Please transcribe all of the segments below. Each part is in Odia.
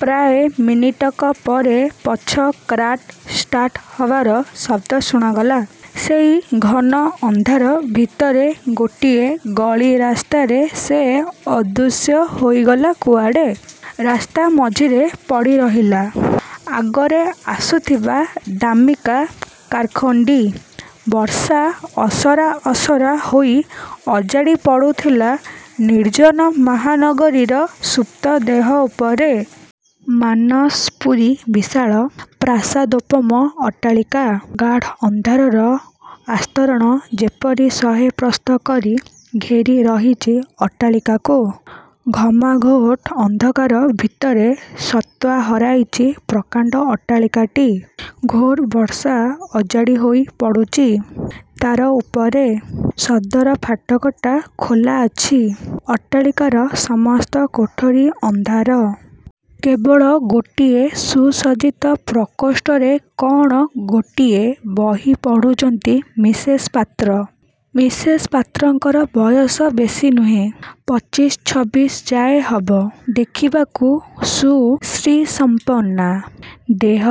ପ୍ରାୟ ମିନିଟକ ପରେ ପଛ କାର୍ଟା ଷ୍ଟାର୍ଟ ହେବାର ଶବ୍ଦ ଶୁଣାଗଲା। ସେଇ ଘନ ଅନ୍ଧାର ଭିତରେ ଗୋଟିଏ ଗଳି ରାସ୍ତାରେ ସେ ଅଦୃଶ୍ୟ ହୋଇଗଲା କେଉଁଆଡ଼େ। ରାସ୍ତାମଝିରେ ପଡ଼ିରହିଲା ଆଗରେ ଆସୁଥିବା ଦାମୀକା କାର୍ଖଣ୍ଡି। ବର୍ଷା ଅସରା ଅସରା ହୋଇ ଅଜାଡ଼ି ପଡ଼ୁଥିଲା, ନିର୍ଜନ ମହାନଗରୀର ସୁପ୍ତ ଦେହ ଉପରେ। ମାନସପୁରୀ ବିଶାଳ ପ୍ରାସାଦୋପମ ଅଟ୍ଟାଳିକା। ଗାଢ଼ ଅନ୍ଧାରର ଆସ୍ତରଣ ଯେପରି ଶହେ ପ୍ରସ୍ତ କରି ଘେରି ରହିଛି ଅଟ୍ଟାଳିକାକୁ। ଘମାଘୋଟ ଅନ୍ଧକାର ଭିତରେ ସତ୍ତା ହରାଇଛି ପ୍ରକାଣ୍ଡ ଅଟ୍ଟାଳିକାଟି। ଘୋର ବର୍ଷା ଅଜାଡ଼ି ହୋଇ ପଡ଼ୁଛି ତା'ର ଉପରେ। ସଦର ଫାଟକଟା ଖୋଲା ଅଛି-। ଅଟ୍ଟାଳିକାର ସମସ୍ତ କୋଠରୀ ଅନ୍ଧାର। କେବଳ ଗୋଟିଏ ସୁସଜ୍ଜିତ ପ୍ରକୋଷ୍ଠରେ କ'ଣ ଗୋଟିଏ ବହି ପଢ଼ୁଛନ୍ତି ମିସେସ୍ ପାତ୍ର। ମିସେସ୍ ପାତ୍ରଙ୍କ ବୟସ ବେଶୀ ନୁହେଁ। ପଚିଶି, ଛବିଶି ଯାଏ ହେବ। ଦେଖିବାକୁ ସୁ-ଶ୍ରୀସମ୍ପନ୍ନା। ଦେହ,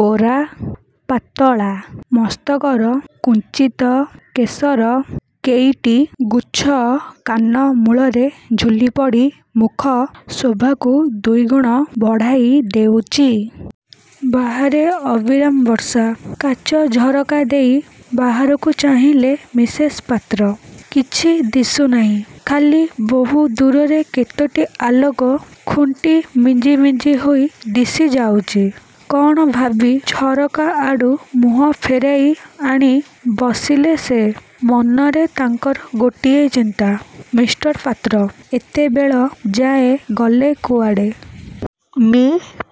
ଗୋରା, ପାତଳା। ମସ୍ତକର କୁଞ୍ଚିତ କେଶର କେଇଟି ଗୁଚ୍ଛ କାନ ମୂଳରେ ଝୁଲିପଡ଼ି ମୁଖ ଶୋଭାକୁ ଦୁଇଗୁଣ ବଢ଼ାଇ ଦେଉଛି। ବାହାରେ ଅବିରାମ ବର୍ଷା। କାଚ ଝରକା ଦେଇ ବାହାରକୁ ଚାହିଁଲେ ମିସେସ୍ ପାତ୍ର। କିଛି ଦିଶୁନାହିଁ; ଖାଲି ବହୁଦୂରରେ କେତୋଟି ଆଲୋକ ଖୁଣ୍ଟି ମିଞ୍ଜି ମିଞ୍ଜି ହୋଇ ଦିଶି ଯାଉଛି। କ'ଣ ଭାବି ଝରକା ଆଡ଼ୁ ମୁହଁ ଫେରାଇ ଆଣି ବସିଲେ ସେ। ମନରେ ତାଙ୍କର ଗୋଟିଏ ଚିନ୍ତା-''ମିଷ୍ଟର ପାତ୍ର ଏତେବେଳ ଯାଏ ଗଲେ କୁଆଡ଼େ? '' ମି: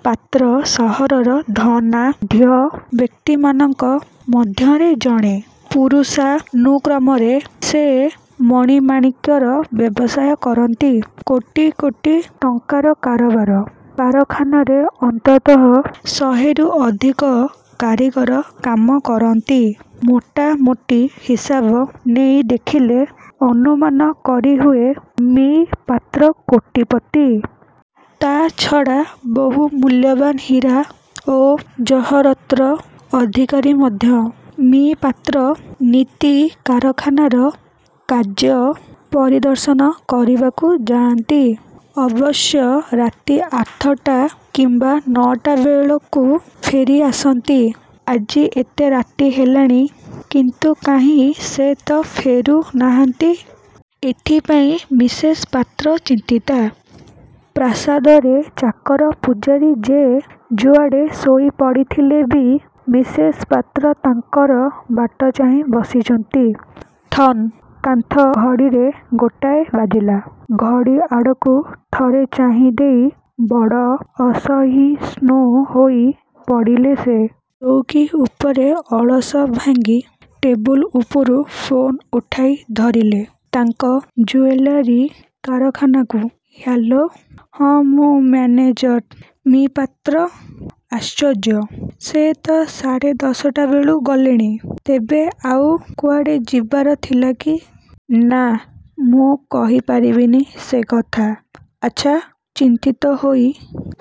ପାତ୍ର ସହରର ଧନାଢ଼୍ୟ ବ୍ୟକ୍ତିମାନଙ୍କ ମଧ୍ୟରେ ଜଣେ। ପୁରୁଷାନୁକ୍ରମରେ ସେ ମଣିମାଣିକ୍ୟର ବ୍ୟବସାୟ କରନ୍ତି। କୋଟି କୋଟି ଟଙ୍କାର କାରବାର। କାରଖାନାରେ ଅନ୍ତତଃ ଶହେରୁ ଅଧିକ କାରୀଗର କାମ କରନ୍ତି। ମୋଟା ମୋଟି ହିସାବ ନେଇ ଦେଖିଲେ ଅନୁମାନ କରିହୁଏ, ମି: ପାତ୍ର କୋଟିପତି। ତା'ଛଡ଼ା ବହୁ ମୂଲ୍ୟବାନ ହୀରା ଓ ଜହରତ୍ର ଅଧିକାରୀ ମଧ୍ୟ। ମି: ପାତ୍ର ନିତି କାରଖାନାର କାର୍ଯ୍ୟ ପରିଦର୍ଶନ କରିବାକୁ ଯାଆନ୍ତି। ଅବଶ୍ୟ ରାତି ଆଠଟା କିମ୍ବା ନଅଟା ବେଳକୁ ଫେରି ଆସନ୍ତି। ଆଜି ଏତେ ରାତି ହେଲାଣି, କିନ୍ତୁ କାହିଁ ସେ ତ ଫେରୁ ନାହାନ୍ତି? ଏଥିପାଇଁ ମିସେସ୍ ପାତ୍ର ଚିନ୍ତିତା। ପ୍ରାସାଦରେ ଚାକର ପୁଝାରୀ ଯେ ଯୁଆଡ଼େ ଶୋଇ ପଡ଼ିଥିଲେ ବି ମିସେସ୍ ପାତ୍ର ତାଙ୍କର ବାଟ ଚାହିଁ ବସିଛନ୍ତି। ''ଠନ୍ କାନ୍ଥ ଘଡ଼ିରେ ଗୋଟାଏ ବାଜିଲା। ଘଡ଼ି ଆଡ଼କୁ ଥରେ ଚାହିଁ ଦେଇ ବଡ଼ ଅସହିଷ୍ଣୁ ହୋଇ ପଡ଼ିଲେ ସେ। ଚୌକୀ ଉପରେ ଅଳସ ଭାଙ୍ଗି ଟେବୁଲ ଉପରୁ ଫୋନ୍ ଉଠାଇ ଧରିଲେ, ତାଙ୍କ ଜୁଏଲାରୀ କାରଖାନାକୁ-''ହ୍ୟାଲୋ! '''' ହଁ, ମୁଁ ମ୍ୟାନେଜର। '''' ମି: ପାତ୍ର! '' ''ଆଶ୍ଚର୍ଯ୍ୟ! ସେ ତ ସାଢ଼େ ଦଶଟା ବେଳୁ ଗଲେଣି। '' ''ତେବେ? ଆଉ କୁଆଡ଼େ ଯିବାର ଥିଲା କି? '' 'ନା, ମୁଁ। କହି ପାରିବିନି ସେକଥା। '' ''ଆଚ୍ଛା! '' ଚିନ୍ତିତ ହୋଇ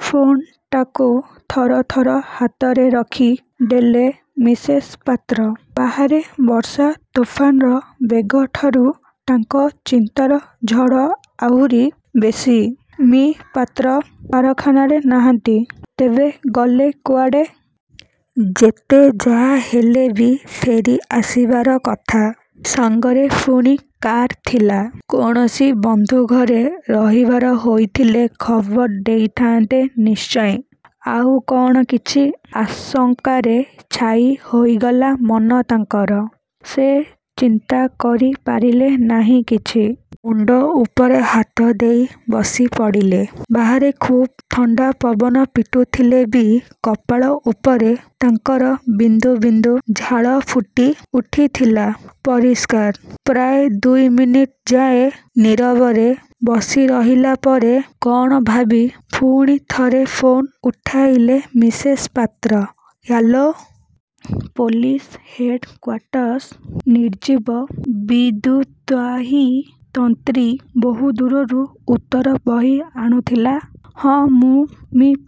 ଫୋନ୍ଟାକୁ ଥର ଥର ହାତରେ ରଖି ଦେଲେ ମିସେସ୍ ପାତ୍ର। ବାହାରେ ବର୍ଷା ତୋଫାନର ବେଗଠାରୁ ତାଙ୍କ ଚିନ୍ତାର ଝଡ଼ ଆହୁରି ବେଶୀ। ''ମି: ପାତ୍ର କାରଖାନାରେ ନାହାନ୍ତି? ତେବେ ଗଲେ କୁଆଡ଼େ? ଯେତେ ଯାହା ହେଲେ ବି ଫେରି ଆସିବାର କଥା। ସାଙ୍ଗରେ ପୁଣି କାର୍ ଥିଲା! କୌଣସି ବନ୍ଧୁ ଘରେ ରହିବାର ହୋଇଥିଲେ ଖବର ଦେଇଥାନ୍ତେ ନିଶ୍ଚୟ। ଆଉ କ'ଣ କିଛି? ' ଆଶଙ୍କାରେ ଛାଇ ହୋଇଗଲା ମନ ତାଙ୍କର। ସେ ଚିନ୍ତା କରି ପାରିଲେ ନାହିଁ କିଛି। ମୁଣ୍ଡରେ ହାତ ଦେଇ ବସି ପଡ଼ିଲେ। ବାହାରେ ଖୁବ୍ ଥଣ୍ଡା ପବନ ପିଟୁଥିଲେ ବି କପାଳ ଉପରେ ତାଙ୍କର ବିନ୍ଦୁ ବିନ୍ଦୁ ଝାଳ ଫୁଟି ଉଠିଥିଲା ପରିଷ୍କାର। ପ୍ରାୟ ଦୁଇମିନିଟ୍ ଯାଏ ନୀରବରେ ବସି ରହିଲା ପରେ କ'ଣ ଭାବି ପୁଣି ଥରେ ଫୋନ ଉଠାଇଲେ Mrs Patra '' hello. Police headquarters '' ନିର୍ଜୀବ ବିଦ୍ୟୁତ୍ବାହୀ ତନ୍ତ୍ରୀ ବହୁଦୂରରୁ ଉତ୍ତର ବହି ଆଣୁଥିଲା। ''ହଁ, ମୁଁ, ମି: ପଟ୍ଟନାୟକ;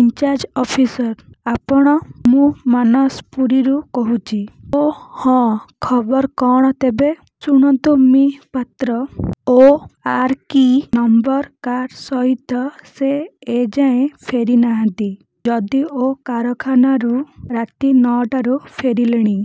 ଇନ୍ଚାର୍ଯ ଅଫିସର। ଆପଣ? '' ''ମୁଁ ମାନସପୁରୀରୁ କହୁଛି '' ''ଓଃ, ହଁ, ଖବର କ'ଣ ତେବେ? '' ''ଶୁଣନ୍ତୁ ମି: ପାତ୍ର-ଓ: ଆର: କି: ନମ୍ବର କାର୍ ସହିତ ସେ ଏଯାଏ ଫେରିନାହାନ୍ତି, ଯଦିଓ କାରଖାନାରୁ ରାତି ନଅଟାରୁ ଫେରିଲେଣି।